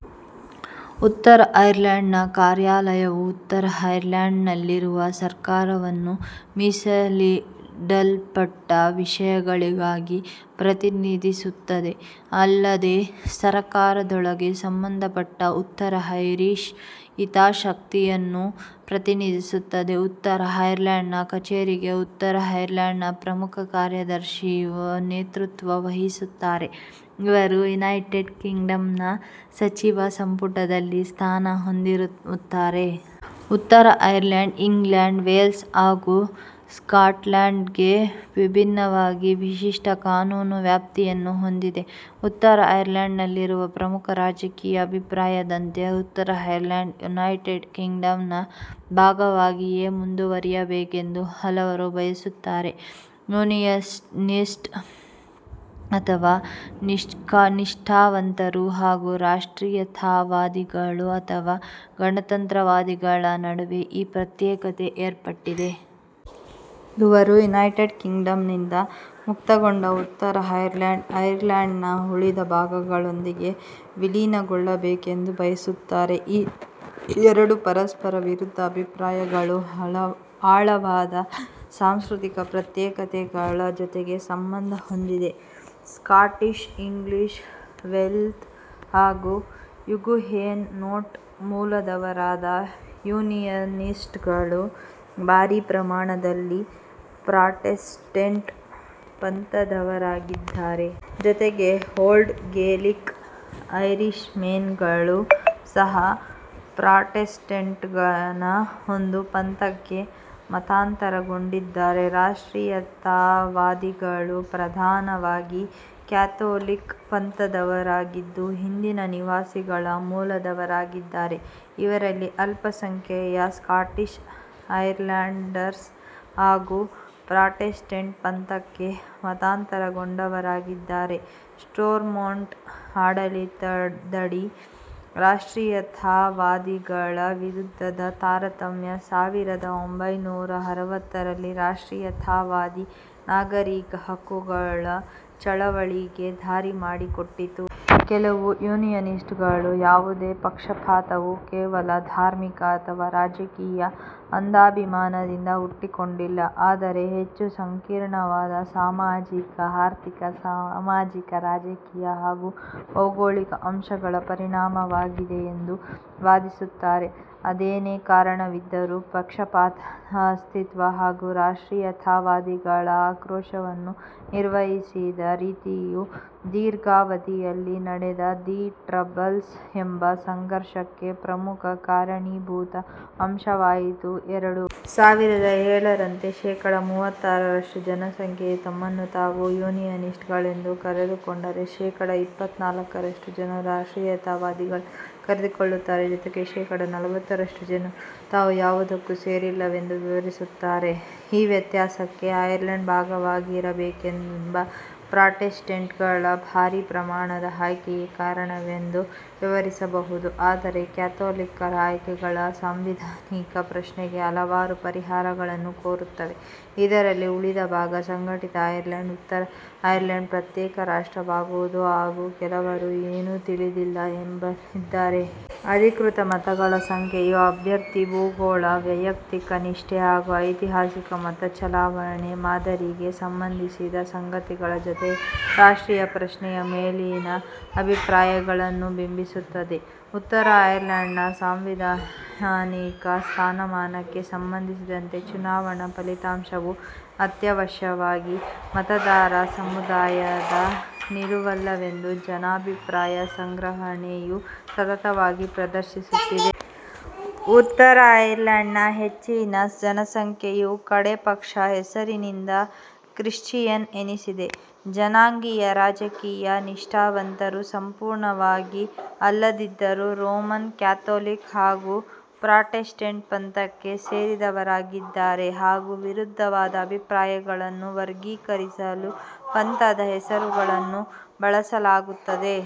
ಉತ್ತರ ಐರ್ಲೆಂಡ್ ನ ಕಾರ್ಯಾಲಯವು ಉತ್ತರ ಐರ್ಲೆಂಡ್ ನಲ್ಲಿರುವ ಸರ್ಕಾರವನ್ನು ಮೀಸಲಿಡಲ್ಪಟ್ಟ ವಿಷಯಗಳಿಗಾಗಿ ಪ್ರತಿನಿಧಿಸುತ್ತದೆ. ಅಲ್ಲದೇ ಸರಕಾರದೊಳಗೆ ಸಂಬಂಧಪಟ್ಟ ಉತ್ತರ ಐರಿಶ್ ಹಿತಾಸಕ್ತಿಯನ್ನು ಪ್ರತಿನಿಧಿಸುತ್ತದೆ. ಉತ್ತರ ಐರ್ಲೆಂಡ್ ನ ಕಛೇರಿಗೆ ಉತ್ತರ ಐರ್ಲೆಂಡ್ ನ ಪ್ರಮುಖ ಕಾರ್ಯದರ್ಶಿಯು ನೇತೃತ್ವ ವಹಿಸುತ್ತಾರೆ, ಇವರು ಯುನೈಟೆಡ್ ಕಿಂಗ್ಡಮ್ ನ ಸಚಿವ ಸಂಪುಟದಲ್ಲಿ ಸ್ಥಾನ ಹೊಂದಿರುತ್ತಾರೆ. ಉತ್ತರ ಐರ್ಲೆಂಡ್, ಇಂಗ್ಲೆಂಡ್, ವೇಲ್ಸ್ ಹಾಗು ಸ್ಕಾಟ್ಲ್ಯಾಂಡ್ ಗೆ ವಿಭಿನ್ನವಾಗಿ ವಿಶಿಷ್ಟ ಕಾನೂನು ವ್ಯಾಪ್ತಿಯನ್ನು ಹೊಂದಿದೆ. ಉತ್ತರ ಐರ್ಲೆಂಡ್ ನಲ್ಲಿರುವ ಪ್ರಮುಖ ರಾಜಕೀಯ ಅಭಿಪ್ರಾಯದಂತೆ, ಉತ್ತರ ಐರ್ಲೆಂಡ್, ಯುನೈಟೆಡ್ ಕಿಂಗ್ಡಮ್ ನ ಭಾಗವಾಗಿಯೇ ಮುಂದುವರೆಯಬೇಕೆಂದು ಹಲವರು ಬಯಸುತ್ತಾರೆ. ಯೂನಿಯನಿಸ್ಟ್ ಅಥವಾ ನಿಷ್ಟಾವಂತರು ಹಾಗು ರಾಷ್ಟ್ರೀಯತಾವಾದಿಗಳು ಅಥವಾ ಗಣತಂತ್ರವಾದಿಗಳ ನಡುವೆ ಈ ಪ್ರತ್ಯೇಕತೆ ಏರ್ಪಟ್ಟಿದೆ. ಇವರು ಯುನೈಟೆಡ್ ಕಿಂಗ್ಡಮ್ ನಿಂದ ಮುಕ್ತಗೊಂಡ ಉತ್ತರ ಐರ್ಲೆಂಡ್, ಐರ್ಲೆಂಡ್ ನ ಉಳಿದ ಭಾಗಗಳೊಂದಿಗೆ ವಿಲೀನಗೊಳ್ಳಬೇಕೆಂದು ಬಯಸುತ್ತಾರೆ. ಈ ಎರಡು ಪರಸ್ಪರ ವಿರುದ್ಧ ಅಭಿಪ್ರಾಯಗಳು ಆಳವಾದ ಸಾಂಸ್ಕೃತಿಕ ಪ್ರತ್ಯೇಕತೆಗಳ ಜೊತೆಗೆ ಸಂಬಂಧ ಹೊಂದಿದೆ. ಸ್ಕಾಟಿಷ್, ಇಂಗ್ಲಿಷ್, ವೆಲ್ಷ್ ಹಾಗು ಹುಗುಯೇನೋಟ್ ಮೂಲದವರಾದ ಯೂನಿಯನಿಸ್ಟ್ ಗಳು ಭಾರಿ ಪ್ರಮಾಣದಲ್ಲಿ ಪ್ರಾಟೆಸ್ಟೆಂಟ್ ಪಂಥದವರಾಗಿದ್ದಾರೆ. ಜೊತೆಗೆ ಓಲ್ಡ್ ಗೇಲಿಕ್ ಐರಿಷ್ಮೆನ್ ಗಳೂ ಸಹ ಪ್ರಾಟೆಸ್ಟೆಂಟ್ ನ ಒಂದು ಪಂಥಕ್ಕೆ ಮತಾಂತರಗೊಂಡಿದ್ದಾರೆ. ರಾಷ್ಟ್ರೀಯತಾವಾದಿಗಳು ಪ್ರಧಾನವಾಗಿ ಕ್ಯಾಥೊಲಿಕ್ ಪಂಥದವರಾಗಿದ್ದು, ಹಿಂದಿನ ನಿವಾಸಿಗಳ ಮೂಲದವರಾಗಿದ್ದಾರೆ. ಇವರಲ್ಲಿ ಅಲ್ಪ ಸಂಖ್ಯೆಯ ಸ್ಕಾಟಿಷ್ ಹೈಲ್ಯಾಂಡರ್ಸ್ ಹಾಗು ಪ್ರಾಟೆಸ್ಟೆಂಟ್ ಪಂಥಕ್ಕೆ ಮತಾಂತರಗೊಂಡವರಾಗಿದ್ದಾರೆ. ಸ್ಟೋರ್ಮೊಂಟ್ ಆಡಳಿತದಡಿ ರಾಷ್ಟ್ರೀಯತಾವಾದಿಗಳ ವಿರುದ್ಧದ ತಾರತಮ್ಯ, ಸಾವಿರದ ಒಂಭೈನೂರ ಅರವತ್ತರಲ್ಲಿ ರಾಷ್ಟ್ರೀಯತಾವಾದಿ ನಾಗರೀಕ ಹಕ್ಕುಗಳ ಚಳವಳಿಗೆ ದಾರಿಮಾಡಿಕೊಟ್ಟಿತು. ಕೆಲವು ಯೂನಿಯನಿಸ್ಟ್ ಗಳು, ಯಾವುದೇ ಪಕ್ಷಪಾತವು ಕೇವಲ ಧಾರ್ಮಿಕ ಅಥವಾ ರಾಜಕೀಯ ಅಂಧಾಭಿಮಾನದಿಂದ ಹುಟ್ಟಿಕೊಂಡಿಲ್ಲ. ಆದರೆ ಹೆಚ್ಚು ಸಂಕೀರ್ಣವಾದ ಸಾಮಾಜಿಕ-ಆರ್ಥಿಕ, ಸಾಮಾಜಿಕ-ರಾಜಕೀಯ ಹಾಗು ಭೌಗೋಳಿಕ ಅಂಶಗಳ ಪರಿಣಾಮವಾಗಿದೆಯೆಂದು ವಾದಿಸುತ್ತಾರೆ. ಅದೇನೇ ಕಾರಣವಿದ್ದರೂ, ಪಕ್ಷಪಾತದ ಅಸ್ತಿತ್ವ, ಹಾಗು ರಾಷ್ಟ್ರೀಯತಾವಾದಿಗಳ ಆಕ್ರೋಶವನ್ನು ನಿರ್ವಹಿಸಿದ ರೀತಿಯು ದೀರ್ಘಾವಧಿಯಲ್ಲಿ ನಡೆದ ದಿ ಟ್ರಬಲ್ಸ್ ಎಂಬ ಸಂಘರ್ಷಕ್ಕೆ ಪ್ರಮುಖ ಕಾರಣೀಭೂತ ಅಂಶವಾಯಿತು. ಎರಡು ಸಾವಿರದ ಏಳರಂತೆ, ಶೇಖಡ ಮೂವತ್ತಾರರಷ್ಟು ಜನಸಂಖ್ಯೆಯು ತಮ್ಮನ್ನು ತಾವು ಯೂನಿಯನಿಸ್ಟ್ ಗಳೆಂದು ಕರೆದುಕೊಂಡರೆ, ಶೇಖಡ ಇಪ್ಪತ್ನಾಲ್ಕರಷ್ಟು ಜನರು ರಾಷ್ಟ್ರೀಯತಾವಾದಿಗಳೆಂದು ಕರೆದುಕೊಳ್ಳುತ್ತಾರೆ. ಜೊತೆಗೆ ಶೇಖಡ ನಲವತ್ತರಷ್ಟು ಜನರು ತಾವು ಯಾವುದಕ್ಕೂ ಸೇರಿಲ್ಲವೆಂದು ವಿವರಿಸುತ್ತಾರೆ. ಈ ವ್ಯತ್ಯಾಸಕ್ಕೆ, ಐರ್ಲೆಂಡ್ ಭಾಗವಾಗಿರಬೇಕೆಂಬ ಪ್ರಾಟೆಸ್ಟೆಂಟ್ ಗಳ ಭಾರಿ ಪ್ರಮಾಣದ ಆಯ್ಕೆಯೇ ಕಾರಣವೆಂದು ವಿವರಿಸಬಹುದು, ಆದರೆ ಕ್ಯಾಥೋಲಿಕ್ಕರ ಆಯ್ಕೆಗಳು ಸಾಂವಿಧಾನಿಕ ಪ್ರಶ್ನೆಗೆ ಹಲವಾರು ಪರಿಹಾರಗಳನ್ನು ಕೋರುತ್ತವೆ, ಇದರಲ್ಲಿ ಉಳಿದ ಭಾಗ, ಸಂಘಟಿತ ಐರ್ಲೆಂಡ್, ಉತ್ತರ ಐರ್ಲೆಂಡ್ ಪ್ರತ್ಯೇಕ ರಾಷ್ಟ್ರವಾಗುವುದು ಹಾಗು ಕೆಲವರು ಏನೂ "ತಿಳಿದಿಲ್ಲ"ಎಂಬಲ್ಲಿದ್ದಾರೆ. ಅಧಿಕೃತ ಮತಗಳ ಸಂಖ್ಯೆಯು, ಅಭ್ಯರ್ಥಿ, ಭೂಗೋಳ, ವೈಯಕ್ತಿಕ ನಿಷ್ಠೆ ಹಾಗು ಐತಿಹಾಸಿಕ ಮತಚಲಾವಣೆ ಮಾದರಿಗೆ ಸಂಬಂಧಿಸಿದ ಸಂಗತಿಗಳ ಜೊತೆಯಲ್ಲಿ "ರಾಷ್ಟ್ರೀಯ ಪ್ರಶ್ನೆ"ಯ ಮೇಲಿನ ಅಭಿಪ್ರಾಯಗಳನ್ನು ಬಿಂಬಿಸುತ್ತದೆ. ಉತ್ತರ ಐರ್ಲೆಂಡ್ ನ ಸಾಂವಿಧಾನಿಕ ಸ್ಥಾನಮಾನಕ್ಕೆ ಸಂಬಂಧಿಸಿದಂತೆ ಚುನಾವಣಾ ಫಲಿತಾಂಶವು ಅತ್ಯವಶ್ಯವಾಗಿ ಮತದಾರ ಸಮುದಾಯದ ನಿಲುವಲ್ಲವೆಂದು ಜನಾಭಿಪ್ರಾಯ ಸಂಗ್ರಹಣೆಯು ಸತತವಾಗಿ ಪ್ರದರ್ಶಿಸುತ್ತಿದೆ. ಉತ್ತರ ಐರ್ಲೆಂಡ್ ನ ಹೆಚ್ಚಿನ ಜನಸಂಖ್ಯೆಯು ಕಡೆಪಕ್ಷ ಹೆಸರಿನಿಂದ ಕ್ರಿಶ್ಚಿಯನ್ ಎನಿಸಿದೆ. ಜನಾಂಗೀಯ-ರಾಜಕೀಯ ನಿಷ್ಠಾವಂತರು ಸಂಪೂರ್ಣವಾಗಿ ಅಲ್ಲದಿದ್ದರೂ ರೋಮನ್ ಕ್ಯಾಥೊಲಿಕ್ ಹಾಗು ಪ್ರಾಟೆಸ್ಟೆಂಟ್ ಪಂಥಕ್ಕೆ ಸೇರಿದವರಾಗಿದ್ದಾರೆ ಹಾಗು ವಿರುದ್ಧವಾದ ಅಭಿಪ್ರಾಯಗಳನ್ನು ವರ್ಗೀಕರಿಸಲು ಪಂಥದ ಹೆಸರುಗಳನ್ನೂ ಬಳಸಲಾಗುತ್ತದೆ.